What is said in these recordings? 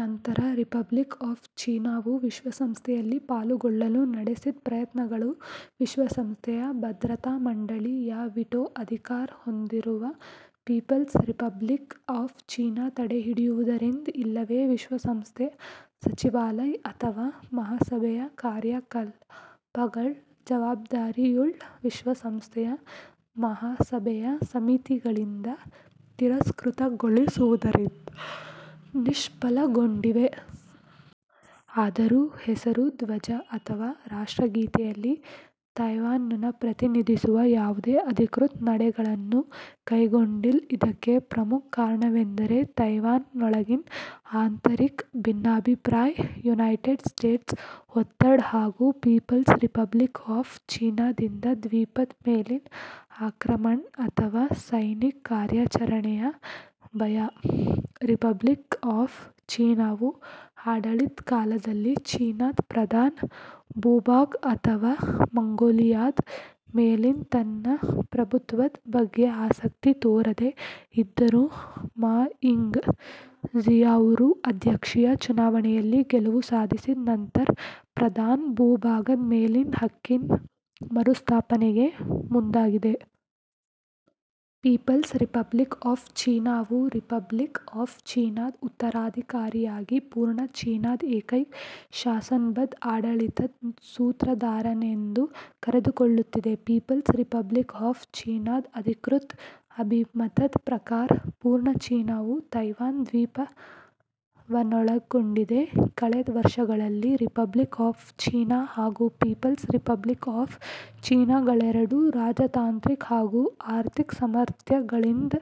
ನಂತರ republic of ಚೀನಾವು ವಿಶ್ವಸಂಸ್ಥೆಯಲ್ಲಿ ಪಾಲುಗೊಳ್ಳಲು ನಡೆಸಿದ ಪ್ರಯತ್ನಗಳು ವಿಶ್ವಸಂಸ್ಥೆಯ ಭದ್ರತಾ ಮಂಡಳಿ ಯ ವಿಟೊ ಅಧಿಕಾರ ಹೊಂದಿರುವ ಪೀಪಲ್ಸ್ ರಿಪಬ್ಲಿಕ್ ಆಫ್ ಚೀನಾ ತಡೆಹಿಡಿಯುವುದರಿಂದ ಇಲ್ಲವೇ ವಿಶ್ವಸಂಸ್ಥೆಯ ಸಚಿವಾಲಯ ಅಥವಾ ಮಹಾಸಭೆಯ ಕಾರ್ಯಕಲಾಪ ಗಳ ಜವಾಬ್ದಾರಿಯುಳ್ಳ ವಿಶ್ವಸಂಸ್ಥೆಯ ಮಹಾಸಭೆಯ ಸಮಿತಿಗಳಿಂದ ತಿರಸ್ಕೃತಗೊಳಿಸುವುದರಿಂದ ನಿಷ್ಫಲಗೊಂಡಿವೆ. ಆದರೂ ಹೆಸರು, ಧ್ವಜ ಅಥವಾ ರಾಷ್ಟ್ರಗೀತೆಯಲ್ಲಿ ತೈವಾನ್ನ್ನು ಪ್ರತಿನಿಧಿಸುವ ಯಾವುದೇ ಅಧಿಕೃತ ನಡೆಗಳನ್ನು ಕೈಗೊಂಡಿಲ್ಲ. ಇದಕ್ಕೆ ಪ್ರಮುಖ ಕಾರಣವೆಂದರೆ ತೈವಾನ್ನೊಳಗಿನ ಆಂತರಿಕ ಭಿನ್ನಾಭಿಪ್ರಾಯ, ಯುನೈಟೆಡ್ ಸ್ಟೇಟ್ಸ್ನ ಒತ್ತಡ ಹಾಗೂ ಪೀಪಲ್ಸ್ ರಿಪಬ್ಲಿಕ್ ಆಫ್ ಚೀನಾದಿಂದ ದ್ವೀಪದ ಮೇಲಿನ ಆಕ್ರಮಣ ಅಥವಾ ಸೈನಿಕ ಕಾರ್ಯಾಚರಣೆಯ ಭಯ. ರಿಪಬ್ಲಿಕ್ ಆಫ್ ಚೀನಾವು ಆಡಳಿತ ಕಾಲದಲ್ಲಿ ಚೀನಾದ ಪ್ರಧಾನ ಭೂಭಾಗ ಅಥವಾ ಮಂಗೋಲಿಯಾದ ಮೇಲಿನ ತನ್ನ ಪ್ರಭುತ್ವದ ಬಗ್ಗೆ ಆಸಕ್ತಿ ತೋರದೇ ಇದ್ದರೂ, ಮಾ ಯಿಂಗ್-ಝಿಯೌ ರು ಅಧ್ಯಕ್ಷೀಯ ಚುನಾವಣೆಯಲ್ಲಿ ಗೆಲುವು ಸಾಧಿಸಿದ ನಂತರ, ಪ್ರಧಾನ ಭೂಭಾಗದ ಮೇಲಿನ ಹಕ್ಕಿನ ಮರುಸ್ಥಾಪನೆ ಗೆ ಮುಂದಾಗಿದೆ. ಪೀಪಲ್ಸ್ ರಿಪಬ್ಲಿಕ್ ಆಫ್ ಚೀನಾವು ರಿಪಬ್ಲಿಕ್ ಆಫ್ ಚೀನಾದ ಉತ್ತರಾಧಿಕಾರಿಯಾಗಿ ಪೂರ್ಣ ಚೀನಾದ ಏಕೈಕ ಶಾಸನಬದ್ಧ ಆಡಳಿತದ ಸೂತ್ರಧಾರನೆಂದು ಕರೆದುಕೊಳ್ಳುತ್ತಿದೆ. ಪೀಪಲ್ಸ್ ರಿಪಬ್ಲಿಕ್ ಆಫ್ ಚೀನಾದ ಅಧಿಕೃತ ಅಭಿಮತದ ಪ್ರಕಾರ ಪೂರ್ಣ ಚೀನಾವು ತೈವಾನ್ ದ್ವೀಪವನ್ನೊಳಗೊಂಡಿದೆ. ಕಳೆದ ವರ್ಷಗಳಲ್ಲಿ ರಿಪಬ್ಲಿಕ್ ಆಫ್ ಚೀನಾ ಹಾಗೂ ಪೀಪಲ್ಸ್ ರಿಪಬ್ಲಿಕ್ ಆಫ್ ಚೀನಾಗಳೆರಡೂ ರಾಜತಾಂತ್ರಿಕ ಹಾಗೂ ಆರ್ಥಿಕ ಸಾಮರ್ಥ್ಯಗಳಿಂದ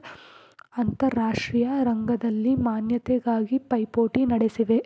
ಅಂತರರಾಷ್ಟ್ರೀಯ ರಂಗದಲ್ಲಿ ಮಾನ್ಯತೆಗಾಗಿ ಪೈಪೋಟಿ ನಡೆಸಿವೆ.